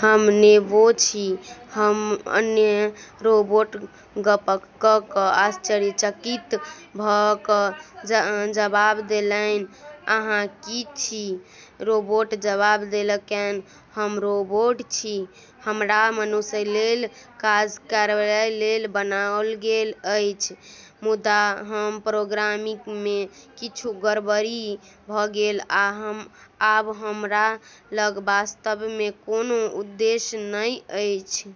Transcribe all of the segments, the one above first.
"हम नेबो छी" अन्ना रोबोटसँ गप्प कऽ कऽ आश्चर्यचकित भऽ कऽ जबाब देलैन। "अहाँ की छी? " रोबो जबाब देलकैन, "हम रोबोट छी।" "हमरा मनुष्यकेँ लेल काज करैलेल बनाओल गेल छल, मुदा हमर प्रोग्रामिंगमे किछु गड़बड़ी भऽ गेल, आ आब हमरा लग वास्तवमे कोनो उद्देश्य नहि अछि।"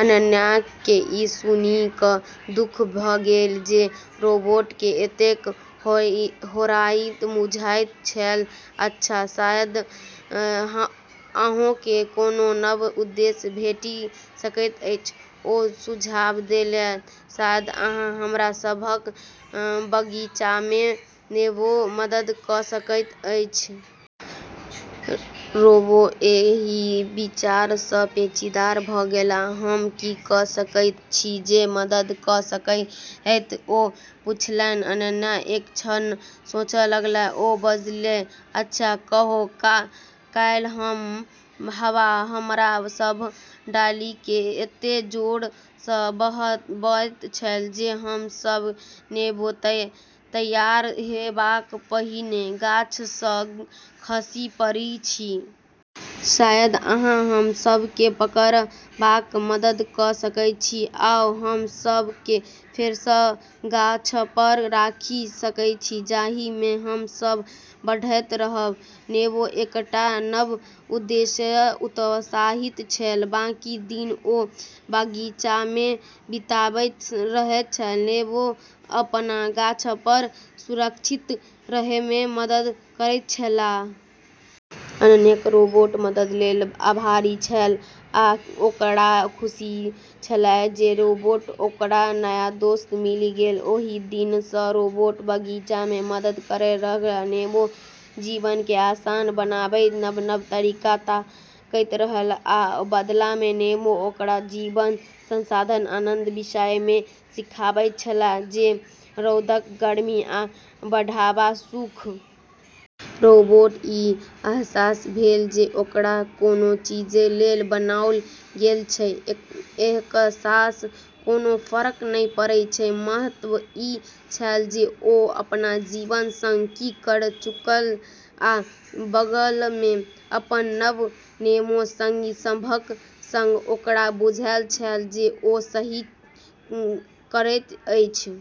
अन्नाकेँ ई सुनि कऽ दुख भेलैन जे रोबोकेँ एतेक हेरायल बुझाइत छलैन। "अच्छा, शायद अहाँकेँ कोनो नव उद्देश्य भेटि सकैत अछि" ओ सुझाव देलैन। "शायद अहाँ हमरा सभक बगीचामे नेबोमे मदद कऽ सकैत छी।" रोबो एहि विचारसँ पेचीदा भऽ गेल। "हम की कऽ सकैत छी जे मदद कऽ सकब? " ओ पुछलकैन। अन्ना एक क्षण सोचलैन। ओ बजलीह, "अच्छा, कखनो काल हवा हमरा सभक डारिकेँ एतेक जोरसँ बहबैत अछि जे हम सभ नेबो तैयार हेबासँ पहिने गाछपरसँ खसि पड़ैत छी।" "शायद अहाँ हमरा सभकेँ पकड़बामे मदद कऽ सकैत छी आओर हमरा सभकेँ फेरसँ गाछपर राखि सकैत छी जाहिमे हम सभ बढ़ैत रहब।" रोबो एकटा नव उद्देश्यलेल उत्साहित छल। बाकी दिन ओ बगीचामे बिताबैत रहलाह, नेबोकेँ अपन गाछपर सुरक्षित रहैमे मदद करैत छलाह। अन्ना रोबोटकेँ मददलेल आभारी छलीह, आ ओकरा खुशी छलैन जे रोबोमे ओकरा नया दोस्त मिलल छैन। ओहि दिनसँ रोबो बगीचामे मदद करैत रहल, नेबोक जीवनकेँ आसान बनाबैक नव-नव तरीका ताकैत रहल। आ बदलामे नेबो ओकरा जीवनक साधारण आनंदक विषयमे सिखबैत छलैन, जेना रौदक गर्मी आ बढ़बाक सुख। रोबोकेँ ई अहसास भेलैन जे ओकरा कोन चीजलेल बनाओल गेल छै, एकरासँ कोनो फर्क नहि पड़ैत छै महत्व ई छलैन जे ओ अपन जीवनक संग की करब चुनलैन। आ बगलमे अपन नवका नेबोक संगी सभक संग ओकरा बुझल छलैन जे ओ सही चुनाव कएने अछि।